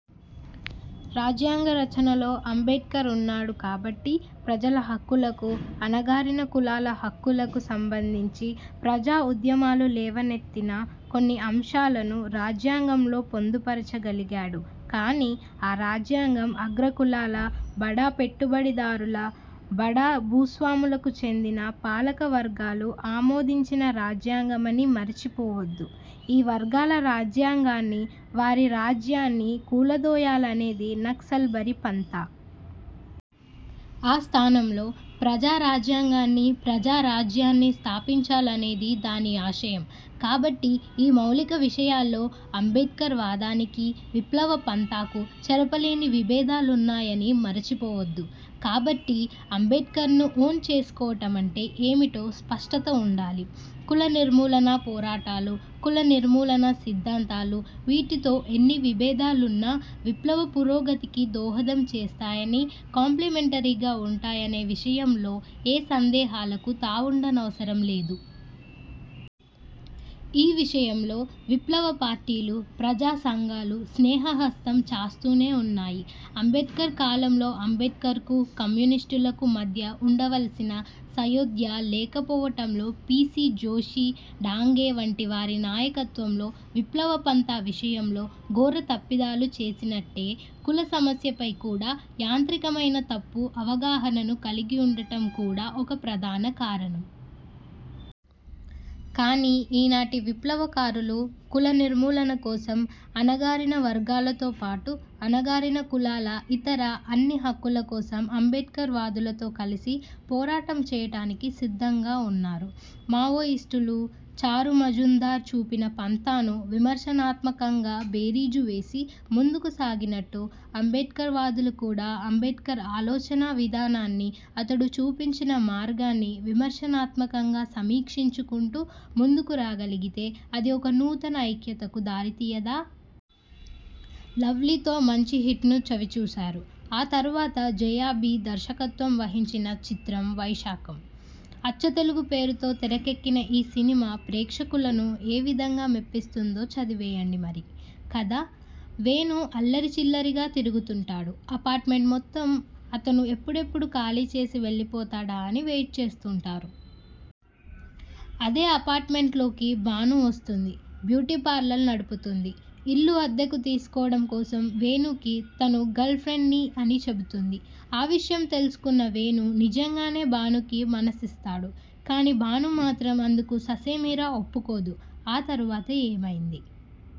రాజ్యాంగ రచనలో అంబేడ్కర్ ఉన్నాడు కాబట్టి ప్రజల హక్కులకూ, అణగారిన కులాల హక్కులకూ సంబంధించి ప్రజా ఉద్యమాలు లేవనెత్తిన కొన్ని అంశాలను రాజ్యాంగంలో పొందుపరచగలిగాడు కానీ ఆ రాజ్యాంగం అగ్ర కులాల, బడా పెట్టుబడిదారుల, బడా భూస్వాములకు చెందిన పాలకవర్గాలు ఆమోదించిన రాజ్యాంగమని మరిచిపోవద్దు. ఈ వర్గాల రాజ్యాంగాన్నీ, వారి రాజ్యాన్నీ కూలదోయాలనేది నక్సల్బరీ పంథా. ఆ స్థానంలో ప్రజా రాజ్యాంగాన్నీ, ప్రజా రాజ్యాన్నీ స్థాపించాలనేది దాని ఆశయం. కాబట్టి ఈ మౌలిక విషయాల్లో అంబేడ్కర్ వాదానికీ, విప్లవ పంథాకూ చెరపలేని విభేదాలున్నాయని మరిచిపోవద్దు. కాబట్టి అంబేడ్కర్ను ఓన్ చేసుకోవటమంటే ఏమిటో స్పష్టత ఉండాలి. ''కుల నిర్మూలనా పోరాటాలు, కుల నిర్మూలనా సిద్ధాంతాలు వీటితో ఎన్ని విభేదాలున్నా విప్లవ పురోగతికి దోహదం చేస్తాయనీ, కాంప్లిమెంటరీగా ఉంటాయనే'' విషయంలో ఏ సందేహాలకూ తావుండనవసరం లేదు. ఈ విషయంలో విప్లవ పార్టీలు, ప్రజా సంఘాలూ స్నేహ హస్తం చాస్తూనే ఉన్నాయి. అంబేడ్కర్ కాలంలో అంబేడ్కర్కూ కమ్యూనిస్టులకూ మధ్య ఉండవలసిన సయోధ్య లేకపోవటంలో పీసీ జ్యోషీ, డాంగే వంటి వారి నాయకత్వంలో విప్లవ పంథా విషయంలో ఘోర తప్పిదాలు చేసినట్టే, కుల సమస్యపై కూడా యాంత్రికమైన తప్పు అవగాహనను కలిగి ఉండటం కూడా ఒక ప్రధాన కారణం. కానీ ఈనాటి విప్లవకారులు కుల నిర్మూలన కోసం, అణగారిన వర్గాలతో పాటు, అణగారిన కులాల ఇతర అన్ని హక్కుల కోసం అంబేడ్కర్ వాదులతో కలిసి పోరాటం చేయటానికి సిద్ధంగా ఉన్నారు. మావోయిస్టులు చారుమజుందార్ చూపిన పంథాను విమర్శనాత్మకంగా బేరీజు వేసి ముందుకు సాగినట్టు అంబేడ్కర్ వాదులు కూడా అంబేడ్కర్ ఆలోచనా విధానాన్నీ, అతడు చూపించిన మార్గాన్నీ విమర్శనాత్మకంగా సమీక్షించుకుంటూ ముందుకు రాగలిగితే అది ఒక నూతన ఐక్యతకు దారితీయదా? లవ్లీ తో మంచి హిట్ను చవిచూశారు. ఆ తర్వాత జయ. బి. దర్శకత్వం వహించిన చిత్రం వైశాఖం. అచ్చ తెలుగు పేరుతో తెరకెక్కిన ఈ సినిమా ప్రేక్షకులను ఏ విధంగా మెప్పిస్తుందో చదివేయండి మరి కథ:వేణు అల్లరి చిల్లరిగా తిరుగుతుంటాడు. అపార్ట్ మెంట్ మొత్తం అతను ఎప్పుడెప్పుడు ఖాళీ చేసి వెళ్లిపోతాడా అని వెయిట్ చేస్తుంటారు. అదే అపార్ట్ మెంట్లోకి భాను వస్తుంది. బ్యూటీపార్లర్ నడుపుతుంది. ఇల్లు అద్దెకు తీసుకోవడం కోసం వేణుకి తను గర్ల్ ఫ్రెండ్ ని అని చెబుతుంది. ఆ విషయం తెలుసుకున్న వేణు నిజంగానే భానుకి మనసిస్తాడు. కానీ భాను మాత్రం అందుకు ససేమిరా ఒప్పుకోదు. ఆ తర్వాత ఏమైంది?